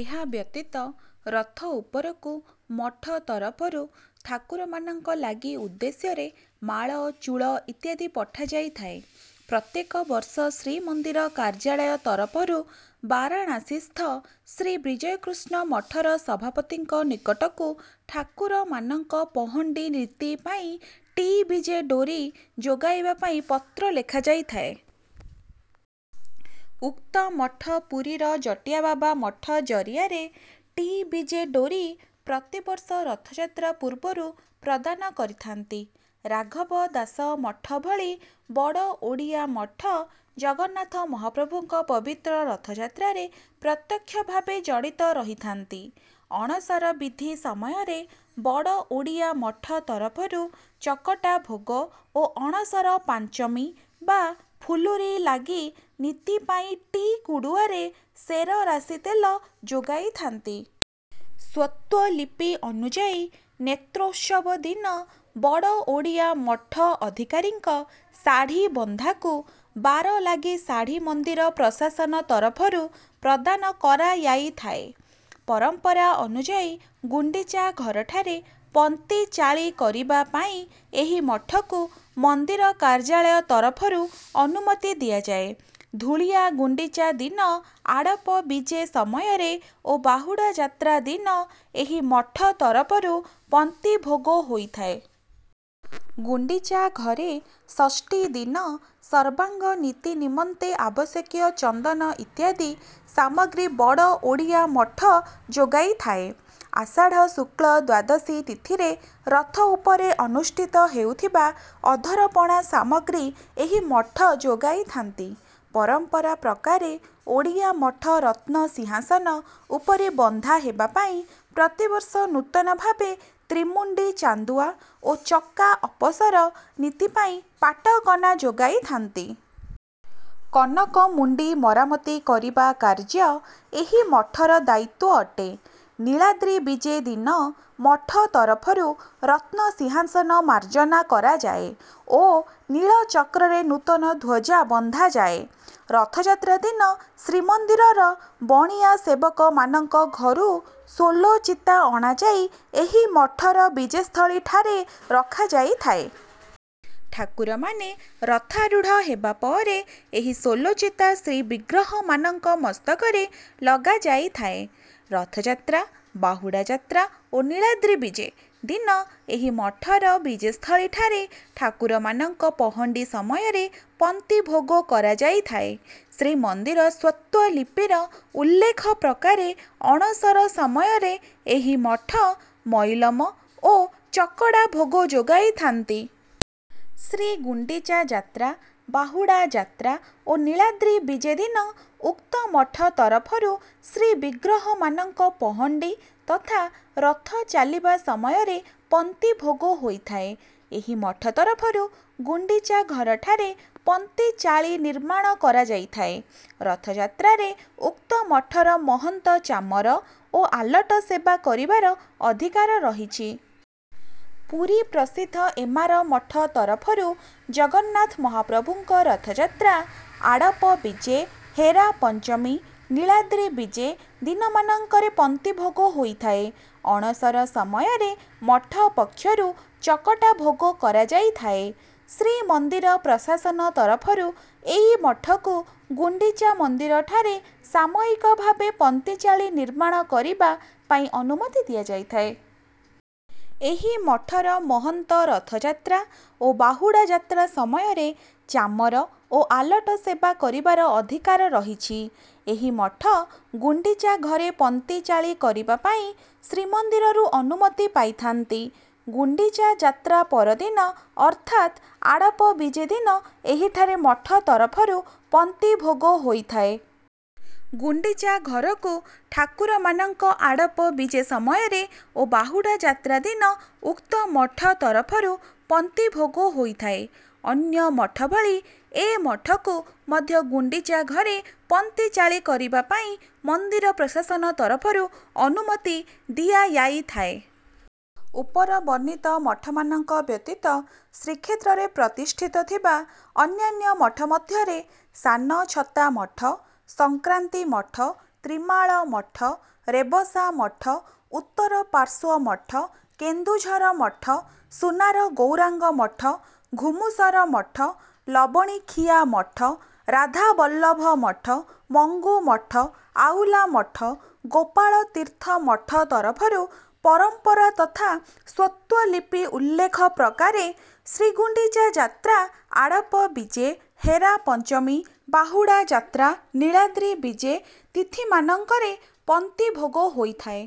ଏହା ବ୍ୟତୀତ ରଥ ଉପରକୁ ମଠ ତରଫରୁ ଠାକୁରମାନଙ୍କ ଲାଗି ଉଦ୍ଦେଶ୍ୟରେ ମାଳ, ଚୂଳ ଇତ୍ୟାଦି ପଠାଯାଇଥାଏ। ପ୍ରତ୍ୟେକ ବର୍ଷ ଶ୍ରୀମନ୍ଦିର କାର୍ଯ୍ୟାଳୟ ତରଫରୁ ବାରଣାସୀସ୍ଥ ଶ୍ରୀ ବିଜୟକୃଷ୍ଣ ମଠର ସଭାପତିଙ୍କ ନିକଟକୁ ଠାକୁରମାନଙ୍କ ପହଣ୍ଡି ନୀତି ପାଇଁ ଟି ବିଜେ ଡୋରି ଯୋଗାଇବା ପାଇଁ ପତ୍ର ଲେଖା ଯାଇଥାଏ। ଉକ୍ତ ମଠ ପୁରୀର ଜଟିଆ ବାବା ମଠ ଜରିଆରେ ଟି ବିଜେ ଡୋରି ପ୍ରତିବର୍ଷ ରଥଯାତ୍ରା ପୂର୍ବରୁ ପ୍ରଦାନ କରିଥାନ୍ତି। ରାଘବ ଦାସ ମଠ ଭଳି ବଡ଼ ଓଡ଼ିଆ ମଠ ଜଗନ୍ନାଥ ମହାପ୍ରଭୁଙ୍କ ପବିତ୍ର ରଥଯାତ୍ରାରେ ପ୍ରତ୍ୟକ୍ଷ ଭାବେ ଜଡି଼ତ ରହିଥାନ୍ତି। ଅଣସର ବିଧି ସମୟରେ ବଡ଼ ଓଡ଼ିଆ ମଠ ତରଫରୁ ଚକଟା ଭୋଗ ଓ ଅଣସର ପାଞ୍ଚମୀ ବା ଫୁଲୁରି ଲାଗି ନୀତି ପାଇଁ ଟି କୁଡୁଆରେ ସେର ରାଶି ତେଲ ଯୋଗାଇଥାନ୍ତି। ସ୍ୱତ୍ତ୍ୱଲିପି ଅନୁଯାୟୀ ନେତ୍ରୋତ୍ସବ ଦିନ ବଡ଼ ଓଡ଼ିଆ ମଠ ଅଧିକାରୀଙ୍କ ଶାଢ଼ୀ଼ ବନ୍ଧାକୁ ବାର ଲାଗି ଶାଢ଼ୀ଼ ମନ୍ଦିର ପ୍ରଶାସନ ତରଫରୁ ପ୍ରଦାନ କରାୟାଇଥାଏ। ପରମ୍ପରା ଅନୁଯାୟୀ ଗୁଣ୍ଡିଚା ଘରଠାରେ ପନ୍ତି ଚାଳି କରିବା ପାଇଁ ଏହି ମଠକୁ ମନ୍ଦିର କାର୍ଯ୍ୟାଳୟ ତରଫରୁଅନୁମତି ଦିଆଯାଏ। ଧୂଳିଆ ଗୁଣ୍ଡିଚା ଦିନ ଆଡ଼ପ ବିଜେ ସମୟରେ ଓ ବାହୁଡା଼ଯାତ୍ରା ଦିନ ଏହି ମଠ ତରଫରୁ ପନ୍ତିଭୋଗ ହୋଇଥାଏ। ଗୁଣ୍ଡିଚା ଘରେ ଷଷ୍ଠୀ ଦିନ ସର୍ବାଙ୍ଗ ନୀତି ନିମନ୍ତେ ଆବଶ୍ୟକୀୟ ଚନ୍ଦନ ଇତ୍ୟାଦି ସାମଗ୍ରୀ ବଡ଼ ଓଡ଼ିଆ ମଠ ଯୋଗାଇଥାଏ। ଆଷାଢ଼ ଶୁକ୍ଳ ଦ୍ୱାଦଶୀ ତିଥିରେ ରଥ ଉପରେ ଅନୁଷ୍ଠିତ ହେଉଥିବା ଅଧରପଣା ସମଗ୍ରୀ ଏହି ମଠ ଯୋଗାଇଥାନ୍ତି। ପରମ୍ପରା ପ୍ରକାରେ ଓଡ଼ିଆ ମଠ ରତ୍ନସିଂହାସନ ଉପରେ ବନ୍ଧା ହେବା ପାଇଁ ପ୍ରତିବର୍ଷ ନୂତନ ଭାବେ ତ୍ରିମୁଣ୍ଡି ଚାନ୍ଦୁଆ ଓ ଚକା ଅପସର ନୀତି ପାଇଁ ପାଟ କନା ଯୋଗାଇଥାନ୍ତି। କନକମୁଣ୍ଡି ମରାମତି କରିବା କାର୍ଯ୍ୟ ଏହି ମଠର ଦାୟିତ୍ୱ ଅଟେ। ନୀଳାଦ୍ରି ବିଜେ ଦିନ ମଠ ତରଫରୁ ରତ୍ନସିଂହାସନ ମାର୍ଜନା କରାଯାଏ ଓ ନୀଳଚକ୍ରରେ ନୂତନ ଧ୍ୱଜା ବନ୍ଧାଯାଏ। ରଥଯାତ୍ରା ଦିନ ଶ୍ରୀମନ୍ଦିରର ବଣିଆ ସେବକମାନଙ୍କ ଘରୁ ସୋଲ ଚିତା ଅଣାଯାଇ ଏହି ମଠର ବିଜେସ୍ଥଳୀଠାରେ ରଖାଯାଇଥାଏ। ଠାକୁରମାନେ ରଥାରୂଢ଼ ହେବାପରେ ଏହି ସୋଲ ଚିତା ଶ୍ରୀବିଗ୍ରହମାନଙ୍କ ମସ୍ତକରେ ଲଗାଯାଇଥାଏ। ରଥଯାତ୍ରା, ବାହୁଡା଼ ଯାତ୍ରା ଓ ନୀଳାଦ୍ରି ବିଜେ ଦିନ ଏହି ମଠର ବିଜେସ୍ଥଳୀଠାରେ ଠାକୁରମାନଙ୍କ ପହଣ୍ଡି ସମୟରେ ପନ୍ତି ଭୋଗ କରାଯାଇଥାଏ। ଶ୍ରୀମନ୍ଦିର ସ୍ୱତ୍ତ୍ୱଲିପିର ଉଲ୍ଲେଖ ପ୍ରକାରେ ଅଣସର ସମୟରେ ଏହି ମଠ ମଇଲମ ଓ ଚକଡା଼ ଭୋଗ ଯୋଗାଇଥାନ୍ତି। ଶ୍ରୀଗୁଣ୍ଡିଚା ଯାତ୍ରା, ବାହୁଡା଼ ଯାତ୍ରା ଓ ନୀଳାଦ୍ରି ବିଜେ ଦିନ ଉକ୍ତ ମଠ ତରଫରୁ ଶ୍ରୀବିଗ୍ରହମାନଙ୍କ ପହଣ୍ଡି ତଥା ରଥ ଚାଲିବା ସମୟରେ ପନ୍ତି ଭୋଗ ହୋଇଥାଏ। ଏହି ମଠ ତତଫରୁ ଗୁଣ୍ଡିଚା ଘରଠାରେ ପନ୍ତି ଚାଳି ନିର୍ମାଣ କରାଯାଇଥାଏ। ରଥଯାତ୍ରାରେ ଉକ୍ତ ମଠର ମହନ୍ତ ଚାମର ଓ ଆଲଟ ସେବା କରିବାର ଅଧିକାର ରହିଛି। ପୁରୀ ପ୍ରସିଦ୍ଧ ଏମାର ମଠ ତରଫରୁ ଜଗନ୍ନାଥ ମହାପ୍ରଭୁଙ୍କ ରଥଯାତ୍ରା, ଆଡ଼ପ ବିଜେ, ହେରା ପଞ୍ଚମୀ, ନୀଳାଦ୍ରି ବିଜେ ଦିନମାନଙ୍କରେ ପନ୍ତି ଭୋଗ ହୋଇଥାଏ। ଅଣସର ସମୟରେ ମଠ ପକ୍ଷରୁ ଚକଟା ଭୋଗ କରାଯାଇଥାଏ। ଶ୍ରୀମନ୍ଦିର ପ୍ରଶାସନ ତରଫରୁ ଏହି ମଠକୁ ଗୁଣ୍ଡିଚା ମନ୍ଦିରଠାରେ ସାମୟିକ ଭାବେ ପନ୍ତି ଚାଳି ନିର୍ମାଣ କରିବା ପାଇଁ ଅନୁମତି ଦିଆଯାଇଥାଏ। ଏହି ମଠର ମହନ୍ତ ରଥଯାତ୍ରା ଓ ବାହୁଡା଼ ଯାତ୍ରା ସମୟରେ ଚାମର ଓ ଆଲଟ ସେବା କରିବାର ଅଧିକାର ରହିଛି। ଏହି ମଠ ଗୁଣ୍ଡିଚା ଘରେ ପନ୍ତି ଚାଳି କରିବା ପାଇଁ ଶ୍ରୀମନ୍ଦିରରୁ ଅନୁମତି ପାଇଥାନ୍ତି। ଗୁଣ୍ଡିଚା ଯାତ୍ରା ପରଦିନ ଅର୍ଥାତ ଆଡ଼ପ ବିଜେ ଦିନ ଏହିଠାରେ ମଠ ତରଫରୁ ପନ୍ତି ଭୋଗ ହୋଇଥାଏ। ଗୁଣ୍ଡିଚା ଘରକୁ ଠାକୁରମାନଙ୍କ ଆଡ଼ପ ବିଜେ ସମୟରେ ଓ ବାହୁଡା଼ ଯାତ୍ରା ଦିନ ଉକ୍ତ ମଠ ତରଫରୁ ପନ୍ତି ଭୋଗ ହୋଇଥାଏ। ଅନ୍ୟ ମଠ ଭଳି ଏ ମଠକୁ ମଧ୍ୟ ଗୁଣ୍ଡିଚା ଘରେ ପନ୍ତି ଚାଳି କରିବା ପାଇଁ ମନ୍ଦିର ପ୍ରଶାସନ ତରଫରୁ ଅନୁମତି ଦିଆୟାଇଥାଏ। ଉପରବର୍ଣ୍ଣିତ ମଠମାନଙ୍କ ବ୍ୟତୀତ ଶ୍ରୀକ୍ଷେତ୍ରରେ ପ୍ରତିଷ୍ଠିତ ଥିବା ଅନ୍ୟାନ୍ୟ ମଠମଧ୍ୟରେ ସାନଛତା ମଠ, ସଂକ୍ରାନ୍ତି ମଠ, ତ୍ରିମାଳ ମଠ, ରେବସା ମଠ, ଉତ୍ତରପାର୍ଶ୍ୱ ମଠ, କେନ୍ଦୁଝର ମଠ, ସୁନାର ଗୌରାଙ୍ଗ ମଠ, ଘୁମୁସର ମଠ, ଲବଣିଖିଆ ମଠ, ରାଧାବଲ୍ଲଭ ମଠ, ମଙ୍ଗୁ ମଠ, ଆଉଲା ମଠ, ଗୋପାଳ ତୀର୍ଥ ମଠ ତରଫରୁ ପରମ୍ପରା ତଥା ସ୍ୱତ୍ତ୍ୱଲିପି ଉଲ୍ଲେଖ ପ୍ରକାରେ ଶ୍ରୀଗୁଣ୍ଡିଚା ଯାତ୍ରା ଆଡ଼ପ ବିଜେ, ହେରା ପଞ୍ଚମୀ, ବାହୁଡା଼ ଯାତ୍ରା, ନୀଳାଦ୍ରି ବିଜେ ତିଥିମାନଙ୍କରେ ପନ୍ତି ଭୋଗ ହୋଇଥାଏ।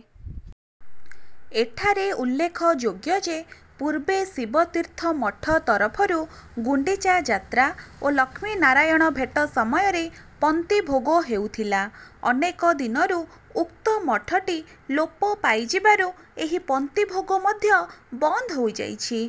ଏଠାରେ ଉଲ୍ଲେଖ ଯୋଗ୍ୟ ଯେ, ପୂର୍ବେ ଶିବତୀର୍ଥ ମଠ ତରଫରୁ ଗୁଣ୍ଡିଚା ଯାତ୍ରା ଓ ଲକ୍ଷ୍ମୀ ନାରୟଣ ଭେଟ ସମୟରେ ପନ୍ତି ଭୋଗ ହେଉଥିଲା। ଅନେକ ଦିନରୁ ଉକ୍ତ ମଠଟି ଲୋପ ପାଇଯିବାରୁ ଏହି ପନ୍ତି ଭୋଗ ମଧ୍ୟ ବନ୍ଦ ହୋଇଯାଇଛି।